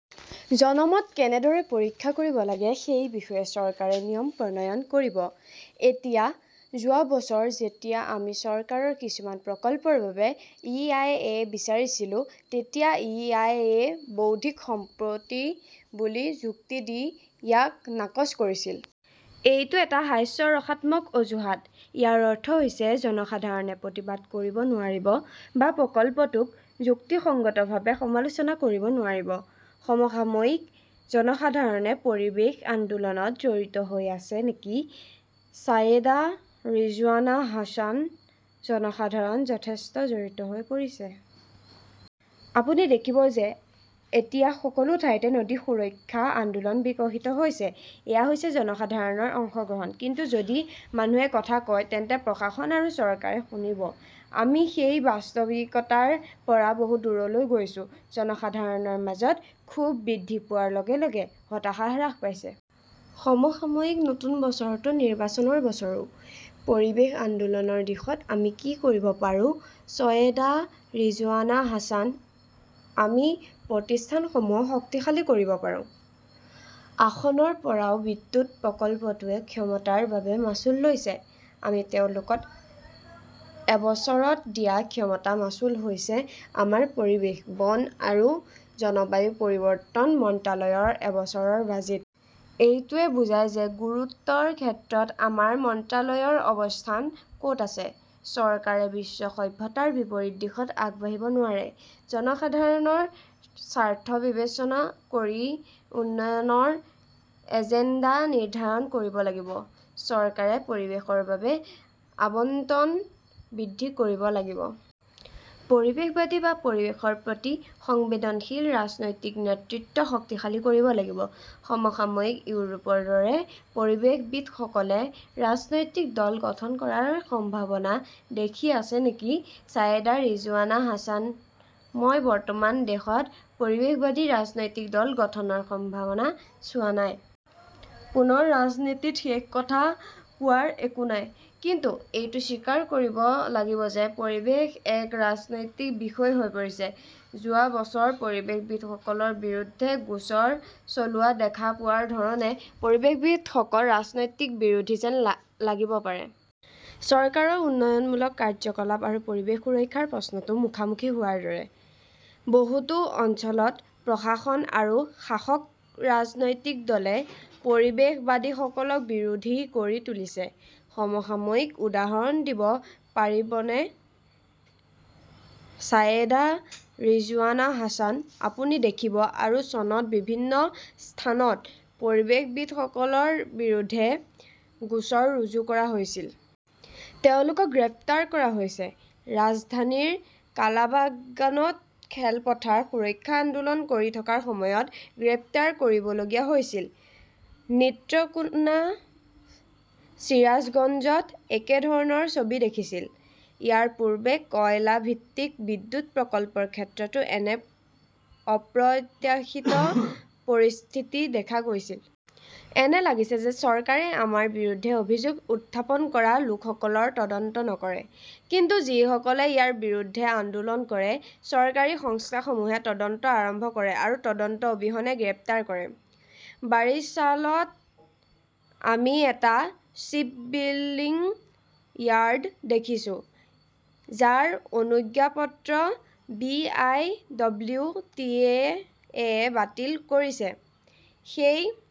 জনমত কেনেদৰে পৰীক্ষা কৰিব লাগে সেই বিষয়ে চৰকাৰে নিয়ম প্ৰণয়ন কৰিব। এতিয়া, যোৱা বছৰ যেতিয়া আমি চৰকাৰৰ কিছুমান প্ৰকল্পৰ বাবে ই. আই. এ. বিচাৰিছিলো, তেতিয়া ই. আই. এ. বৌদ্ধিক সম্পত্তি বুলি যুক্তি দি ইয়াক নাকচ কৰিছিল। এইটো এটা হাস্যৰসাত্মক অজুহাত। ইয়াৰ অৰ্থ হৈছে জনসাধাৰণে প্ৰতিবাদ কৰিব নোৱাৰিব বা প্ৰকল্পটোক যুক্তিসংগতভাৱে সমালোচনা কৰিব নোৱাৰিব। সমসাময়িকঃ জনসাধাৰণে পৰিৱেশ আন্দোলনত জড়িত হৈ আছে নেকি ছায়েদা ৰিজৱানা হাছান জনসাধাৰণ যথেষ্ট জড়িত হৈ পৰিছে। আপুনি দেখিব যে এতিয়া সকলো ঠাইতে নদী সুৰক্ষা আন্দোলন বিকশিত হৈছে। এয়া হৈছে জনসাধাৰণৰ অংশগ্ৰহণ। কিন্তু যদি মানুহে কথা কয় তেন্তে প্ৰশাসন বা চৰকাৰে শুনিব-আমি সেই বাস্তৱিকতাৰ পৰা বহু দূৰৈত গৈছো। জনসাধাৰণৰ মাজত ক্ষোভ বৃদ্ধি পোৱাৰ লগে লগে হতাশা হ্ৰাস পাইছে। সমসাময়িকঃ নতুন বছৰটো নিৰ্বাচনৰ বছৰো। পৰিৱেশ আন্দোলনৰ দিশত আমি কি কৰিব পাৰোঁ ছায়েদা ৰিজৱানা হাছানঃ আমি প্ৰতিষ্ঠানসমূহক শক্তিশালী কৰিব পাৰোঁ। আসনৰ পৰাও বিদ্যুৎ প্ৰকল্পটোৱে ক্ষমতাৰ বাবে মাচুল লৈছে। আমি তেওঁলোকক এবছৰত দিয়া ক্ষমতা মাচুল হৈছে আমাৰ পৰিৱেশ, বন আৰু জলবায়ু পৰিৱৰ্তন মন্ত্ৰালয়ৰ এবছৰৰ বাজেট। এইটোৱে বুজায় যে গুৰুত্বৰ ক্ষেত্ৰত আমাৰ মন্ত্ৰালয়ৰ অৱস্থান ক’ত আছে। চৰকাৰে বিশ্ব সভ্যতাৰ বিপৰীত দিশত আগবাঢ়িব নোৱাৰে। জনসাধাৰণৰ স্বাৰ্থ বিবেচনা কৰি উন্নয়নৰ এজেণ্ডা নিৰ্ধাৰণ কৰিব লাগিব। চৰকাৰে পৰিৱেশৰ বাবে আবণ্টন বৃদ্ধি কৰিব লাগিব। পৰিৱেশবাদী বা পৰিৱেশৰ প্ৰতি সংবেদনশীল ৰাজনৈতিক নেতৃত্ব শক্তিশালী কৰিব লাগিব। সমসাময়িক ইউৰোপৰ দৰে পৰিৱেশবিদসকলে ৰাজনৈতিক দল গঠন কৰাৰ সম্ভাৱনা দেখি আছে নেকি ছায়েদা ৰিজৱানা হাছান মই বৰ্তমান দেশত পৰিৱেশবাদী ৰাজনৈতিক দল গঠনৰ সম্ভাৱনা চোৱা নাই। পুনৰ ৰাজনীতিত শেষ কথা কোৱাৰ একো নাই। কিন্তু এইটো স্বীকাৰ কৰিব লাগিব যে পৰিৱেশ এক ৰাজনৈতিক বিষয় হৈ পৰিছে। যোৱা বছৰ পৰিৱেশবিদসকলৰ বিৰুদ্ধে গোচৰ চলোৱা দেখা পোৱাৰ ধৰণে পৰিৱেশবিদসকল ৰাজনৈতিক বিৰোধী যেন লাগিব পাৰে। চৰকাৰৰ উন্নয়নমূলক কাৰ্যকলাপ আৰু পৰিৱেশ সুৰক্ষাৰ প্ৰশ্নটো মুখামুখি হোৱাৰ দৰে। বহুতো অঞ্চলত প্ৰশাসন আৰু শাসক ৰাজনৈতিক দলে পৰিৱেশবাদীসকলক বিৰোধী কৰি তুলিছে। সমসাময়িকঃ উদাহৰণ দিব পাৰিবনে ছায়েদা ৰিজৱানা হাছান আপুনি দেখিব, আৰু চনত বিভিন্ন স্থানত পৰিৱেশবিদসকলৰ বিৰুদ্ধে গোচৰ ৰুজু কৰা হৈছিল। তেওঁলোকক গ্ৰেপ্তাৰ কৰা হৈছে। ৰাজধানীৰ কালাবাগানত খেলপথাৰ সুৰক্ষা আন্দোলন কৰি থকাৰ সময়ত গ্ৰেপ্তাৰ কৰিবলগীয়া হৈছিল। নীত্ৰকোনা, চিৰাজগঞ্জত একে ধৰণৰ ছবি দেখিছিল। ইয়াৰ পূৰ্বে কয়লা ভিত্তিক বিদ্যুৎ প্ৰকল্পৰ ক্ষেত্ৰতো এনে অপ্ৰত্যাশিত পৰিস্থিতি দেখা গৈছিল। এনে লাগিছে যে চৰকাৰে আমাৰ বিৰুদ্ধে অভিযোগ উত্থাপন কৰা লোকসকলৰ তদন্ত নকৰে। কিন্তু যিসকলে ইয়াৰ বিৰুদ্ধে আন্দোলন কৰে, চৰকাৰী সংস্থাসমূহে তদন্ত আৰম্ভ কৰে বা তদন্ত অবিহনে গ্ৰেপ্তাৰ কৰে। বাৰিশ্বালত আমি এটা শ্বিপবিল্ডিং য়াৰ্ড দেখিছো, যাৰ অনুজ্ঞাপত্ৰ B. I. W. T. A. য়ে বাতিল কৰিছে। সেই